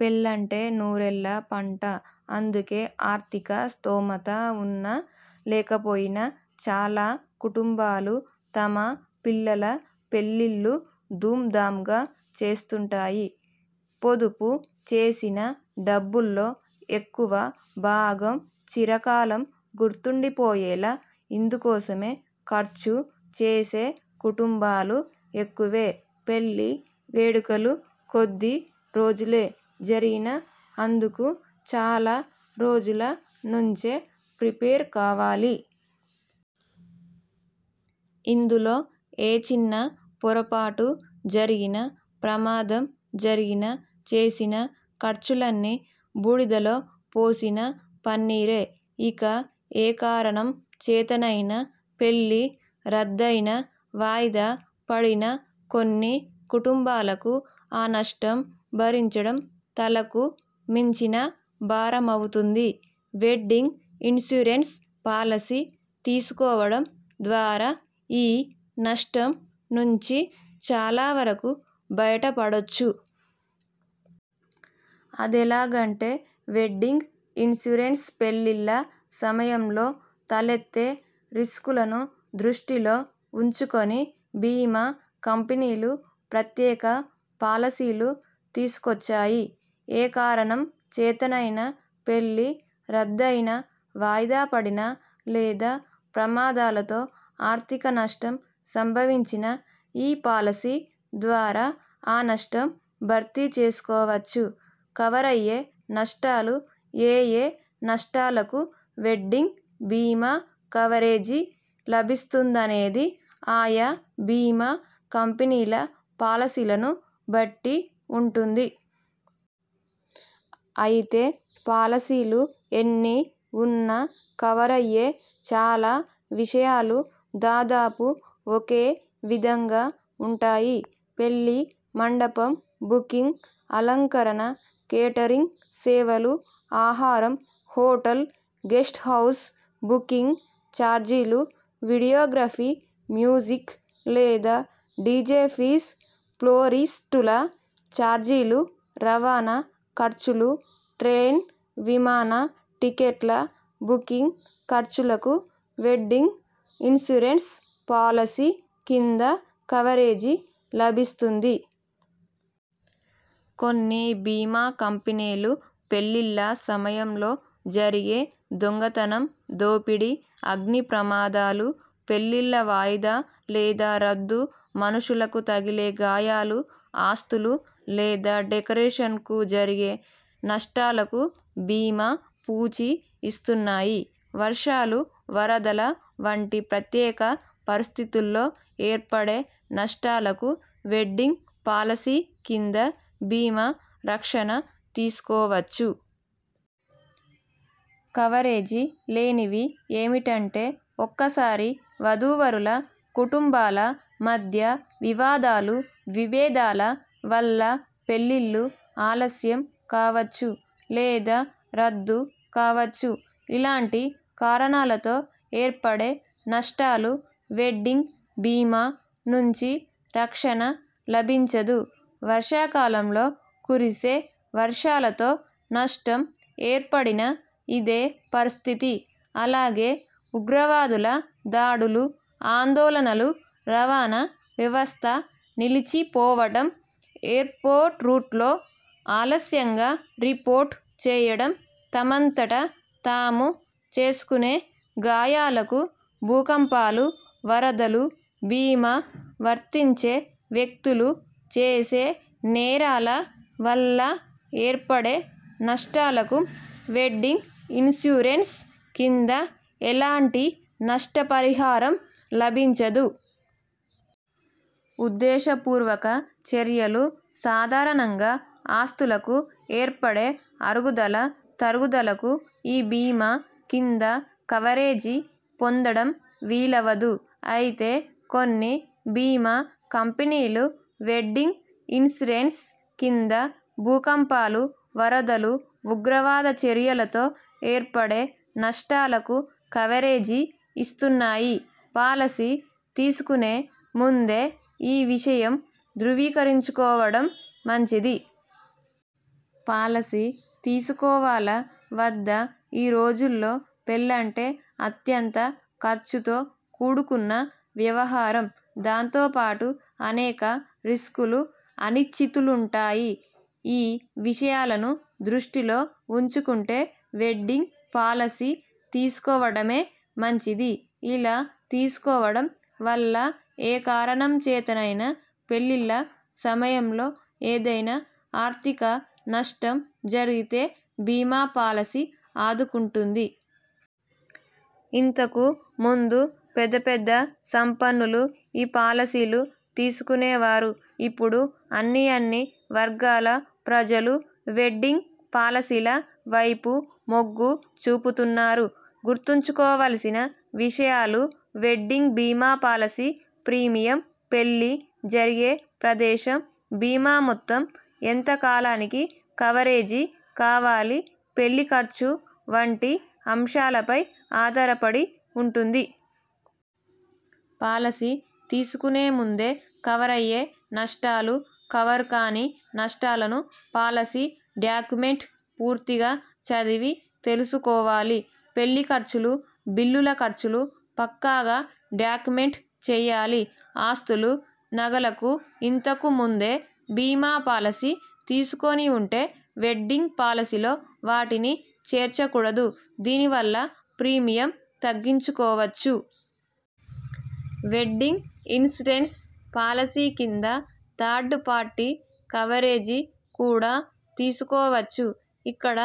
పెళ్లంటే నూరేళ్ల పంట. అందుకే ఆర్థిక స్థోమత ఉన్నా లేకపోయినా చాలా కుటుంబాలు, తమ పిల్లల పెళ్లిళ్లు ధూంధాంగా చేస్తుంటాయి. పొదుపు చేసిన డబ్బుల్లో ఎక్కువ భాగం చిరకాలం గుర్తుండిపోయేలా ఇందుకోసమే ఖర్చు చేసే కుటుంబాలు ఎక్కువే. పెళ్లి వేడుకలు కొద్ది రోజులే జరిగినా అందుకు చాలా రోజుల నుంచే ప్రిపేర్ కావాలి. ఇందులో ఏ చిన్న పొరపాటు జరిగినా, ప్రమాదం జరిగినా చేసిన ఖర్చులన్నీ బూడిదలో పోసిన పన్నీరే. ఇక ఏ కారణం చేతనైనా పెళ్లి రద్దయినా, వాయిదా పడినా కొన్ని కుటుంబాలకు ఆ నష్టం భరించడం తలకు మించిన భారమవుతుంది. వెడ్డింగ్ ఇన్సూరెన్స్ పాలసీ తీసుకోవడం ద్వారా ఈ నష్టం నుంచి చాలా వరకు బయట పడొచ్చు. అదెలాగంటేవెడ్డింగ్ ఇన్సూరెన్స్ పెళ్లిళ్ల సమయంలో తలెత్తే రిస్కులను దృష్టిలో ఉంచుకుని బీమా కంపెనీలు ప్రత్యేక పాలసీలు తీసుకొచ్చాయి. ఏ కారణం చేతనైనా పెళ్లి రద్దయినా, వాయిదా పడినా లేదా ప్రమాదాలతో ఆర్థిక నష్టం సంభవించినా ఈ పాలసీ ద్వారా ఆ నష్టం భర్తీ చేసుకోవచ్చు. కవరయ్యే నష్టాలు ఏయే నష్టాలకు వెడ్డింగ్ బీమా కవరేజీ లభిస్తుందనేది ఆయా బీమా కంపెనీల పాలసీలను బట్టి ఉంటుంది. అయితే పాలసీలు ఎన్ని ఉన్నా కవరయ్యే చాలా విషయాలు దాదాపు ఒకే విధంగా ఉంటాయి. పెళ్లి మండపం బుకింగ్, అలంకరణ, కేటరింగ్ సేవలు, ఆహారం, హోటల్, గెస్ట్ హౌజ్ బుకింగ్ చార్జీలు, వీడియోగ్రఫీ, మ్యూజిక్ లేదా డిజె ఫీజు, ఫ్లోరిస్టుల చార్జీలు, రవాణా ఖర్చులు, ట్రైన్, విమాన టిక్కెట్ల బుకింగ్ ఖర్చులుకు వెడ్డింగ్ ఇన్సూరెన్స్ పాలసీ కింద కవరేజీ లభిస్తుంది. కొన్ని బీమా కంపెనీలు పెళ్లిళ్ల సమయంలో జరిగే దొంగతనం, దోపిడి, అగ్ని ప్రమాదాలు, పెళ్లిళ్ల వాయిదా లేదా రద్దు, మనుషులకు తగిలే గాయాలు, ఆస్తులు లేదా డెకరేషన్కు జరిగే నష్టాలకూ బీమా పూచి ఇస్తున్నాయి. వర్షాలు, వరదల వంటి ప్రత్యేక పరిస్థితుల్లో ఏర్పడే నష్టాలకూ వెడ్డింగ్ పాలసీ కింద బీమా రక్షణ తీసుకోవచ్చు. కవరేజీ లేనివి ఏమిటంటే.. ఒక్కసారి వధూవరుల కుటుంబాల మధ్య వివాదాలు, విభేదాల వల్ల పెళ్లిళ్లు ఆలస్యం కావచ్చు. లేదా రద్దు కావచ్చు. ఇలాంటి కారణాలతో ఏర్పడే నష్టాలు వెడ్డింగ్ బీమా నుంచి రక్షణ లభించదు. వర్షాకాలంలో కురిసే వర్షాలతో నష్టం ఏర్పడినా ఇదే పరిస్థితి. అలాగే ఉగ్రవాదుల దాడులు, ఆందోళనలు, రవాణా వ్యవస్థ నిలిచి పోవడం, ఎయుర్పోర్ట్ రూట్ లో ఆలస్యంగా రిపోర్టు చేయడం, తమంతట తాము చేసుకునే గాయాలకు, భూకంపాలు, వరదలు, బీమా వర్తించే వ్యక్తులు చేసే నేరాల వల్ల ఏర్పడే నష్టాలకూ వెడ్డింగ్ ఇన్సూరెన్స్ కింద ఎలాంటి నష్టపరిహారం లభించదు. ఉద్దేశపూర్వక చర్యలు, సాధారణంగా ఆస్తులకు ఏర్పడే అరుగుదల, తరుగుదలకూ ఈ బీమా కింద కవరేజీ పొందడం వీలవదు. అయితే కొన్ని బీమా కంపెనీలు వెడ్డింగ్ ఇన్సూరెన్స్ కింద భూకంపాలు, వరదలు, ఉగ్రవాద చర్యలతో ఏర్పడే నష్టాలకూ కవరేజీ ఇస్తున్నాయి. పాలసీ తీసుకునే ముందే ఈ విషయం ధ్రువీకరించుకోవడం మంచిది. పాలసీ తీసుకోవాలా? వద్దా? ఈ రోజుల్లో పెళ్లంటే అత్యంత ఖర్చుతో కూడుకున్న వ్యవహారం. దాంతోపాటు అనేక రిస్కులు, అనిశ్చితులుంటాయి. ఈ విషయాలను దృష్టిలో ఉం చుకుంటే వెడ్డింగ్ పాలసీ తీసుకోవడమే మంచిది. ఇలా తీసుకోవడం వల్ల ఏ కారణం చేతనైనా పెళ్ళిళ్ల సమయంలో ఏదైనా ఆర్థిక నష్టం జరిగితే బీమా పాలసీ ఆదుకుంటుంది. ఇంతకు ముందు పెద్ద పెద్ద సంపన్నులు ఈ పాలసీలు తీసుకునేవారు. ఇపుడు అన్ని అన్ని వర్గాల ప్రజలు వెడ్డింగ్ పాలసీల వైపు మొగ్గు చూపుతున్నారు. గుర్తుంచుకోవాల్సిన విషయాలువెడ్డింగ్ బీమా పాలసీ ప్రీమియం.. పెళ్లి జరిగే ప్రదేశం, బీమా మొత్తం, ఎంత కాలానికి కవరేజీ కావాలి? పెళ్లి ఖర్చు వంటి అంశాలపై ఆధారపడి ఉంటుంది. పాలసీ తీసుకునే ముందే కవరయ్యే నష్టాలు, కవర్ కాని నష్టాలను పాలసీ డాక్యుమెంట్ పూర్తిగా చదివి తెలుసుకోవాలి. పెళ్లి ఖర్చులు, బిల్లుల ఖర్చులు పక్కాగా డాక్యుమెంట్ చేయాలి. ఆస్తులు, నగలకు ఇంతకు ముందే బీమా పాలసీ తీసుకుని ఉంటే వెడ్డింగ్ పాలసీలో వాటిని చేర్చకూడదు. దీనివల్ల ప్రీమియం తగ్గించుకోవచ్చు. వెడ్డింగ్ ఇన్సూరెన్స్ పాలసీ కింద థర్డ్ పార్టీ కవరేజీ కూడా తీసుకోవచ్చు. ఇక్కడ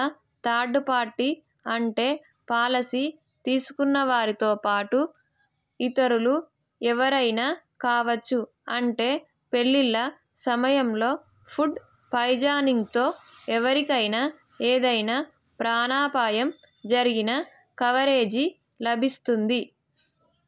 థర్డ్ పార్టీ అంటే పాలసీ తీసుకున్న వారితో పాటు ఇతరులు ఎవరైనా కావచ్చు. అంటే పెళ్లిళ్ల సమయంలో ఫుడ్ పాయిజనింగ్తో ఎవరికైనా ఏదైనా ప్రాణాపాయం జరిగినా కవరేజీ లభిస్తుంది.